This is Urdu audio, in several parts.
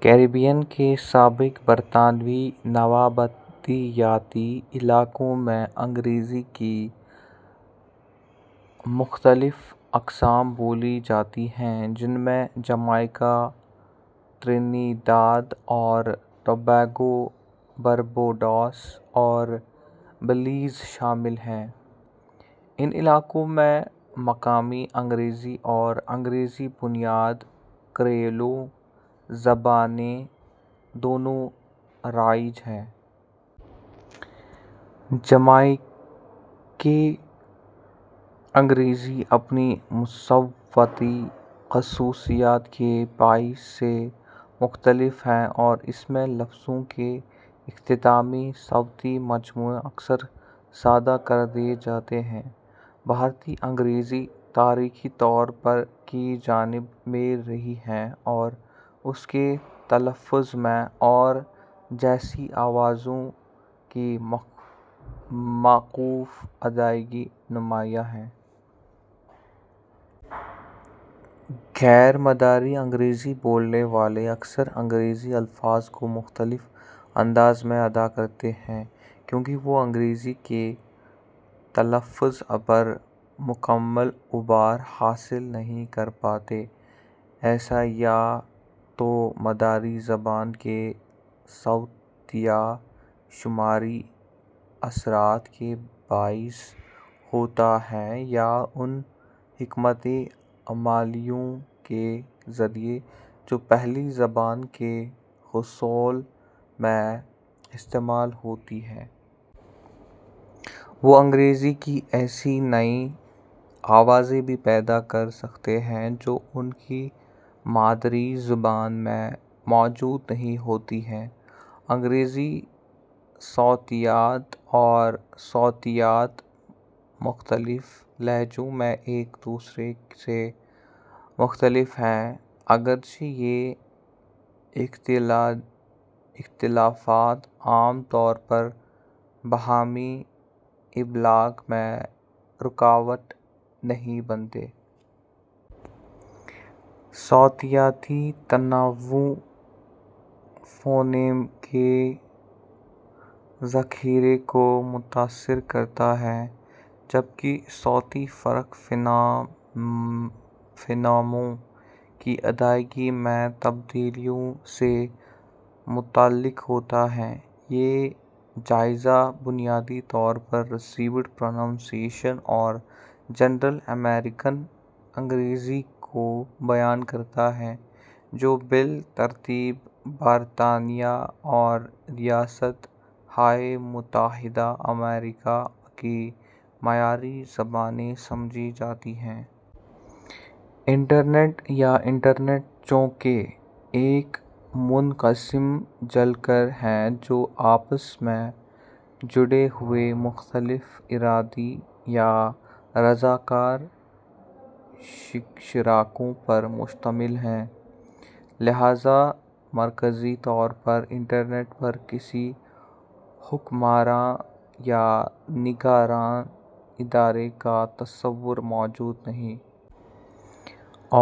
کیریبین کے سابق برطانوی نوآبادیاتی علاقوں میں انگریزی کی مختلف اقسام بولی جاتی ہیں، جن میں جمیکا ، ٹرینیڈاڈ وٹوباگو ، بارباڈوس اور بیلیز شامل ہیں۔ ان علاقوں میں مقامی انگریزی اور انگریزی بنیاد کریول زبانیں دونوں رائج ہیں۔ جمیکائی انگریزی اپنی مصوتی خصوصیات کے باعث سے مختلف ہے اور اس میں لفظوں کے اختتامی صوتی مجموعے اکثر سادہ کر دیے جاتے ہیں۔ بھارتی انگریزی تاریخی طور پر کی جانب مائل رہی ہے اور اس کے تلفظ میں اور جیسی آوازوں کی معکوف ادائیگی نمایاں ہے۔ غیر مادری انگریزی بولنے والے اکثر انگریزی الفاظ کو مختلف انداز میں ادا کرتے ہیں کیونکہ وہ انگریزی کے تلفظ پر مکمل عبور حاصل نہیں کر پاتے۔ ایسا یا تو مادری زبان کے صوتیہ شماری اثرات کے باعث ہوتا ہے یا اُن حکمتِ عملیوں کے ذریعے جو پہلی زبان کے حصول میں استعمال ہوتی ہیں۔ وہ انگریزی کی ایسی نئی آوازیں بھی پیدا کر سکتے ہیں جو ان کی مادری زبان میں موجود نہیں ہوتیں۔ انگریزی صوتیات اور صوتیات مختلف لہجوں میں ایک دوسرے سے مختلف ہیں، اگرچہ یہ اختلافات عموماً باہمی ابلاغ میں رکاوٹ نہیں بنتے۔ صوتیاتی تنوع فونیم کے ذخیرے کو متاثر کرتا ہے، جبکہ صوتی فرق فونیموں کی ادائیگی میں تبدیلیوں سے متعلق ہوتا ہے۔ یہ جائزہ بنیادی طور پر ریسیوڈ پروننسی ایشن اور جنرل امریکن انگریزی کو بیان کرتا ہے، جو بالترتیب برطانیہ اور ریاست ہائے متحدہ امریکہ کی معیاری زبانیں سمجھی جاتی ہیں۔ انٹرنیٹ یا انٹرنیٹ چوں کہ ایک منقسم جالکار ہے جو آپس میں جڑے ہوئے مختلف ارادی یا رضاکار شراکوں پر مشتمل ہے، لہذا مرکزی طور پر انٹرنیٹ پہ کسی حکمران یا نگراں ادارے کا تصور موجود نہیں۔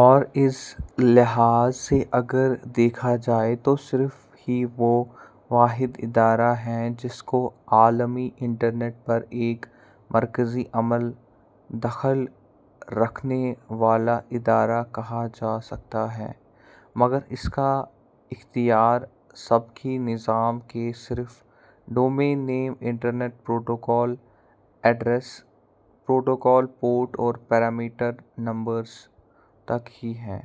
اور اس لحاظ سے اگر دیکھا جائے تو صرف ہی وہ واحد ادارہ ہے جس کو عالمی انٹرنیٹ پر ایک مرکزی عمل دخل رکھنے والا ادارہ کہا جا سکتا ہے، مگر اس کا اختیار شبکی نظام کے صرف domain name, internet protocol address, protocol port اور پیرامیٹر نمبرز تک ہی ہے۔